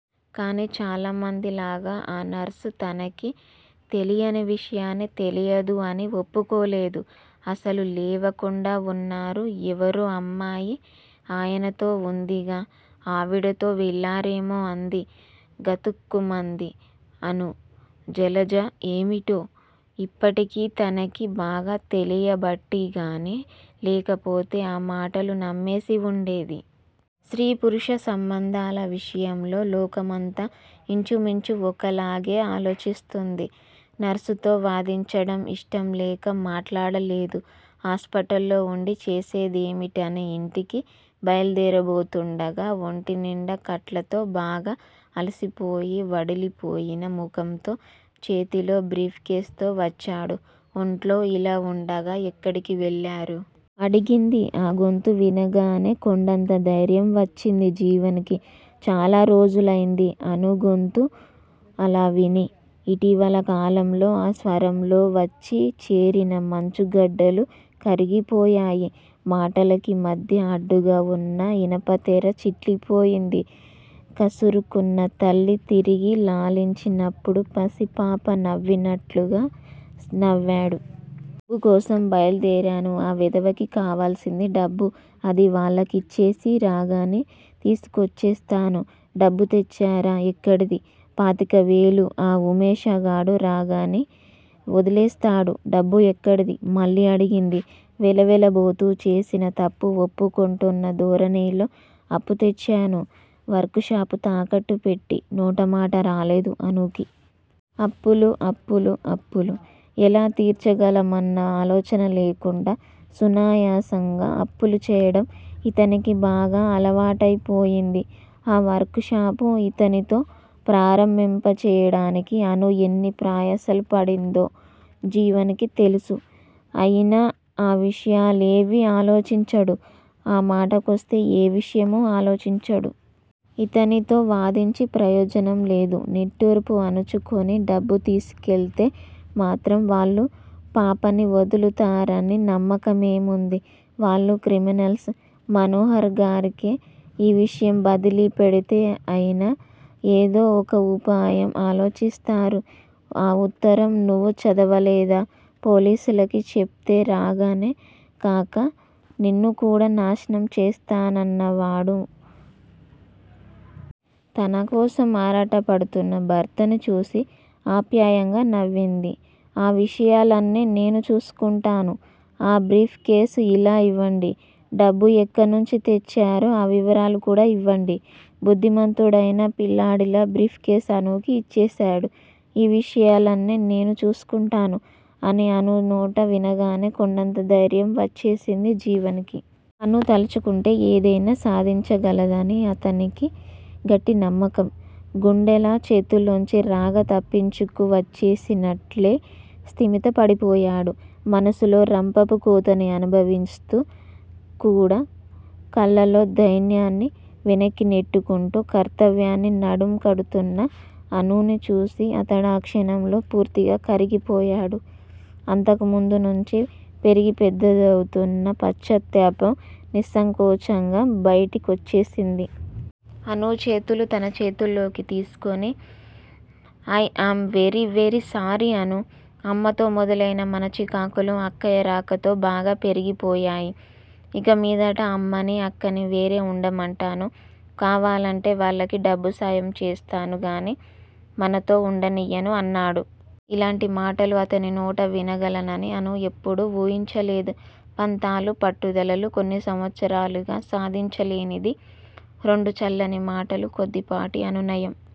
కాని చాలా మంది లాగ ఆ నర్సు తనకి తెలియని విషయాన్ని తెలియదు అని ఒప్పుకోలేదు. అస్సలు లేవకుండా వున్నారు ఎవరో అమ్మాయి ఆయనతో వుందిగా! ఆవిడతో వెళ్ళారేమో? అంది. గతుక్కుమంది అణు. జలజ ఏమిటో ఇప్పటికి తనకి బాగా తెలియబట్టి గాని, లేకపోతే ఆమాటలు నమ్మేసి ఉండేది. స్త్రీ పురుష సంబంధాల విషయంలో లోకమంతా యించుమించు ఒక్కలాగే ఆలోచిస్తుంది. నర్సుతో వాదించడం ఇష్టం లేక మాట్లాడలేదు. హాస్పిటల్ లో వుండి చేసేదేమిటని యింటికి బయలుదేరబోతుండగా ఒంటినిండా కట్లతో బాగా అలసిపోయి వడలిపోయిన ముఖంతో చేతిలో భ్రీఫ్ కేస్ తో వచ్చాడు. ఒంట్లో ఇలా వుండగా ఎక్కడికెళ్ళారు? అడిగింది. ఆ గొంతు వినగానే కొండంత దైర్యం వచ్చింది జీవన్ కి. చాలా రోజులైంది అణు గొంతు అలా విని. ఇటివల కాలంలో ఆ స్వరంలో వచ్చి చేరిన మంచుగడ్డలు కరిగిపోయాయి. మాటలకి మధ్య అడ్డుగా వున్న ఇనపతెర చిట్లిపోయింది. కసురుకున్న తల్లి తిరిగి లాలించి నప్పుడు పసిపాప నవినట్లుగా నవాడు. డబ్బు కోసం బయల్దేరాను. ఆ వెధవకి కావలసింది డబ్బు అది వాళ్ళకిచ్చేసి, రాగని తీసుకొచ్చేస్తాను. ' డబ్బు తెచ్చారా? ఎక్కడిది? పాతికవేలు ఆ హుమేషాగాడు రాగని వొదిలేస్తాడు. డబ్బు ఎక్కడిది? మళ్ళీ అడిగింది. వెలవెలబోతూ చేసిన తప్పు ఒప్పుకుంటున్న ధోరణిలో అప్పు తెచ్చాను వర్క్ షాప్ తాకట్టు పెట్టి నోటమాట రాలేదు అణుకి. అప్పులు, అప్పులు అప్పులు ఎలా తిర్చగలమన్న ఆలోచన లేకుండా సునాయాసంగా అప్పులు చేయడం ఇతనికి బాగా అలవాటైపోయింది. ఆ వర్క్ షాప్ ఇతనితో ప్రారంభింపజేయడానికి అణు ఎన్ని ప్రయాసలు పడిందో జీవన్ కి తెలుసు. అయినా ఆ విషయాలేవీ ఆలోచించడు. ఆ మాట కొస్తే ఏ విషయము ఆలోచించడు. ఇతనితో వాదించి ప్రయోజనం లేదు. నిట్టూర్పు అణచుకొని డబ్బు తీసికెళ్తే మాత్రం వాళ్ళు పాపని వొదులుతారని నమ్మకమేముంది? వాళ్ళు క్రిమినల్స్ మనోహర్ గారికే ఈ విషయం ఒదిలి పెడితే అయన ఏదో ఒక వుపాయం ఆలోచిస్తారు. ఆ ఉత్తరం నువు చదవలేదా? పోలీసులకి చెప్తే రాగనే కాక, నిన్ను కూడా నాశనం చేస్తానన్నాడువాడు. తనకోసం ఆరాటపడుతున్న భర్తని చూసి ఆప్యాయంగా నవింది. ఆ విషయాలన్నీ నేను చూసుకుంటాను. ఆ బ్రీఫ్ కేస్ ఇలా యివండి. డబ్బు ఎక్కనుంచి తెచ్చారో ఆ వివరాలు కూడా ఇవండీ. బుద్దిమంతుడైనా పిల్లాడిలా బ్రీఫ్ కేస్ అణుకి యిచ్చేసాడు. ఆ విషయాలన్నీ నేను చూసుకుంటాను అని అణు నోట వినగానే కొండంత దైర్యం వచ్చేసింది జీవన్ కి. అణు తలచుకుంటే ఏదైనా సాధించగలదని అతనికి గట్టి నమ్మకం. గుండాల చేతుల్లోంచి రాగ తప్పించుకు వచ్చేసినట్లే స్థిమిత పడిపోయాడు. మనసులో రంపపు కోతని అనుభవిస్తూ కూడా కళ్ళల్లో దైన్యాన్ని వెనక్కి నెట్టుకుంటూ కర్తవ్యాన్ని నడుం కడుతోన్న అణుని చూసి అతడాక్షణంలో పూర్తిగా కరిగిపోయాడు. అంతకు ముందు నుంచి పెరిగి పెద్దదౌతున్న పశ్చాత్తాపం నిస్సంకోచంగా బయటి కొచ్చేసింది. అణు చేతులు తన చేతుల్లోకి తీసుకుని, I am very very sorry Anu! అమ్మతో మొదలైన మన చికాకులు అక్కయ్య రాకతో బాగా పెరిగిపోయాయి. ఇక మీదట అమ్మని, అక్కని వేరే ఉండమంటాను. కావాలంటే వాళ్ళకి డబ్బు సహాయం చేస్తాను గాని మనతో ఉండనియ్యను అన్నాడు. ఇలాంటి మాటలు అతని నోట వినగలనని అణు ఎన్నడూ వుహించలేదు. పంతాలు పట్టుదలలు కొన్ని సంవత్సరాలుగా సాధించలేనిది, రెండు చల్లని మాటలు, కొద్దిపాటి అనునయం